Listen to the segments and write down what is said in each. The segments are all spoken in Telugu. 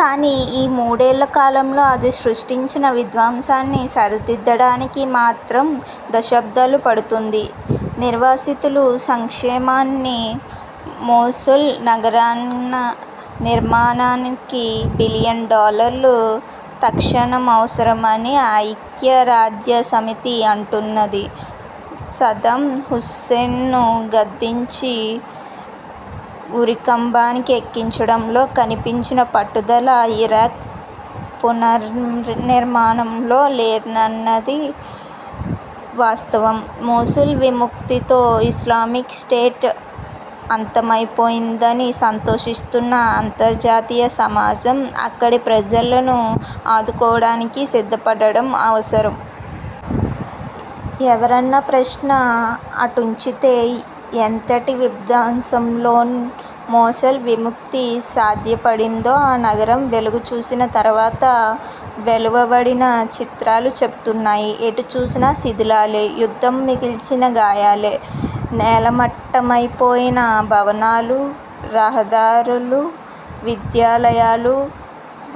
కానీ, ఈ మూడేళ్ళకాలంలో అది సృష్టించిన విధ్వంసాన్ని సరిదిద్దడానికి మాత్రం దశాబ్దాలు పడుతుంది. నిర్వాసితుల సంక్షేమానికీ, మోసుల్ నగర నిర్మాణానికీ బిలియన్ డాలర్లు తక్షణావసరమని ఐక్యరాజ్యసమితి అంటున్నది. సద్దాం హుస్సేన్ను గద్దెదించి, ఉరికంబానికి ఎక్కించడంలో కనిపించిన పట్టుదల, ఇరాక్ పునర్నిర్మాణంలో లేదన్నది వాస్తవం. మోసుల్ విముక్తితో ఇస్లామిక్ స్టేట్ అంతమైపోయిందని సంతోషిస్తున్న అంతర్జాతీయ సమాజం అక్కడి ప్రజలను ఆదుకోవడానికి సిద్ధపడటం అవసరం. ఎవరన్న ప్రశ్న అటుంచితే, ఎంతటి విధ్వంసంతో మోసుల్ 'విముక్తి' సాధ్యపడిందో ఆ నగరం వెలుగుచూసిన తరువాత వెలువడిన చిత్రాలు చెబుతున్నాయి. ఎటుచూసినా శిథిలాలే, యుద్ధం మిగల్చిన గాయాలే. నేలమట్టమైపోయిన భవనాలు, రహదారులు, విద్యాలయాలు,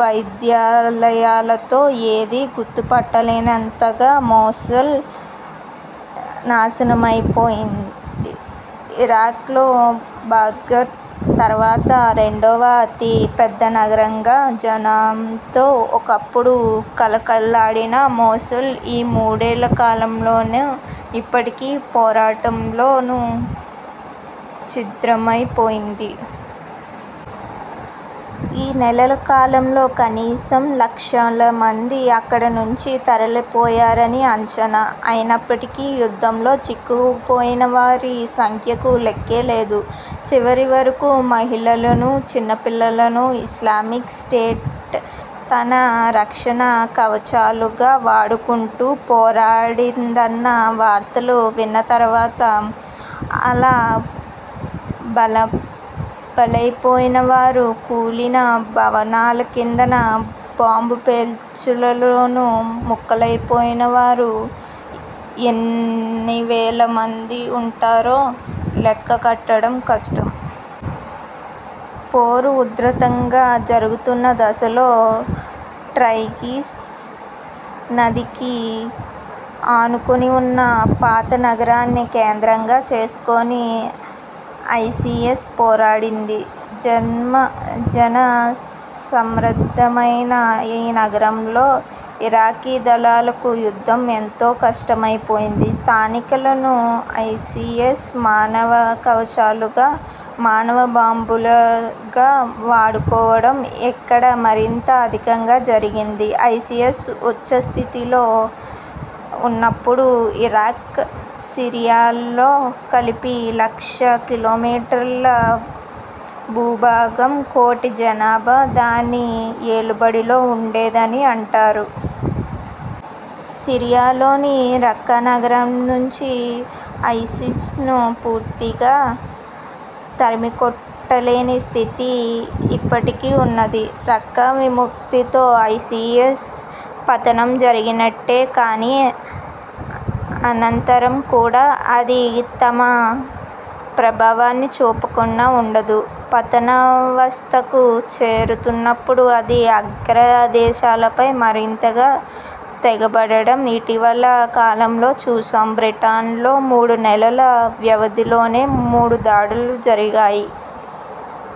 వైద్యాలయాలతో ఏదీ గుర్తుపట్టలేనంతగా మోసుల్ నాశనమైపోయింది. ఇరాక్లో బాగ్దాద్ తరువాత రెండవ అతిపెద్దనగరంగా జనంతో ఒకప్పుడు కళకళలాడిన మోసుల్ ఈ మూడేళ్ళకాలంలోనూ, ఇప్పటి పోరాటంలోనూ ఛిద్రమైపోయింది. ఈ నెలల కాలంలో కనీసం లక్షలమంది అక్కడనుంచి తరలిపోయారని అంచనా. అయినప్పటికీ, యుద్ధంలో చిక్కుకుపోయినవారి సంఖ్యకు లెక్కేలేదు. చివరివరకూ మహిళలనూ, చిన్నపిల్లలనూ ఇస్లామిక్ స్టేట్ తన రక్షణకవచాలుగా వాడుకుంటూ పోరాడిందన్న వార్తలు విన్న తరువాత, అలా బలైపోయిన వారు, కూలిన భవనాలకిందనా, బాంబు పేలుళ్ళలోనూ ముక్కలైనవారు ఎన్నివేలమంది ఉంటారో లెక్క కట్టడం కష్టం. పోరు ఉధృతంగా జరుగుతున్న దశలో టైగ్రిస్ నదికి ఆనుకునివున్న పాతనగరాన్ని కేంద్రంగా చేసుకొని ఐసిస్ పోరాడింది. జనసమ్మర్దమైన ఈ నగరంలో ఇరాకీదళాలకు యుద్ధం ఎంతో కష్టమైపోయింది. స్థానికులను ఐసిస్ మానవకవచాలుగా, మానవబాంబులుగా వాడుకోవడం ఇక్కడ మరింత అధికంగా జరిగింది. ఐసిస్ ఉచ్ఛస్థితిలో ఉన్నప్పుడు ఇరాక్, సిరియాల్లో కలిపి లక్షకిలోమీటర్ల భూభాగం, కోటిజనాభా దాని ఏలుబడిలో ఉండేదని అంటారు. సిరియాలోని రఖ్ఖానగరంనుంచి ఐసిస్ను పూర్తిగా తరిమికొట్టలేని స్థితి ఇప్పటికీ ఉన్నది. రఖ్ఖా విముక్తితో ఐసిస్ పతనం జరిగినట్టే కానీ, అనంతరం కూడా అది తన ప్రభావాన్ని చూపకుండా ఉండదు. పతనావస్థకు చేరుతున్నప్పుడు అది అగ్రదేశాలపై మరింతగా తెగబడటం ఇటీవలికాలంలో చూశాం. బ్రిటన్లో మూడునెలల వ్యవధిలోనే మూడుదాడులు జరిగాయి.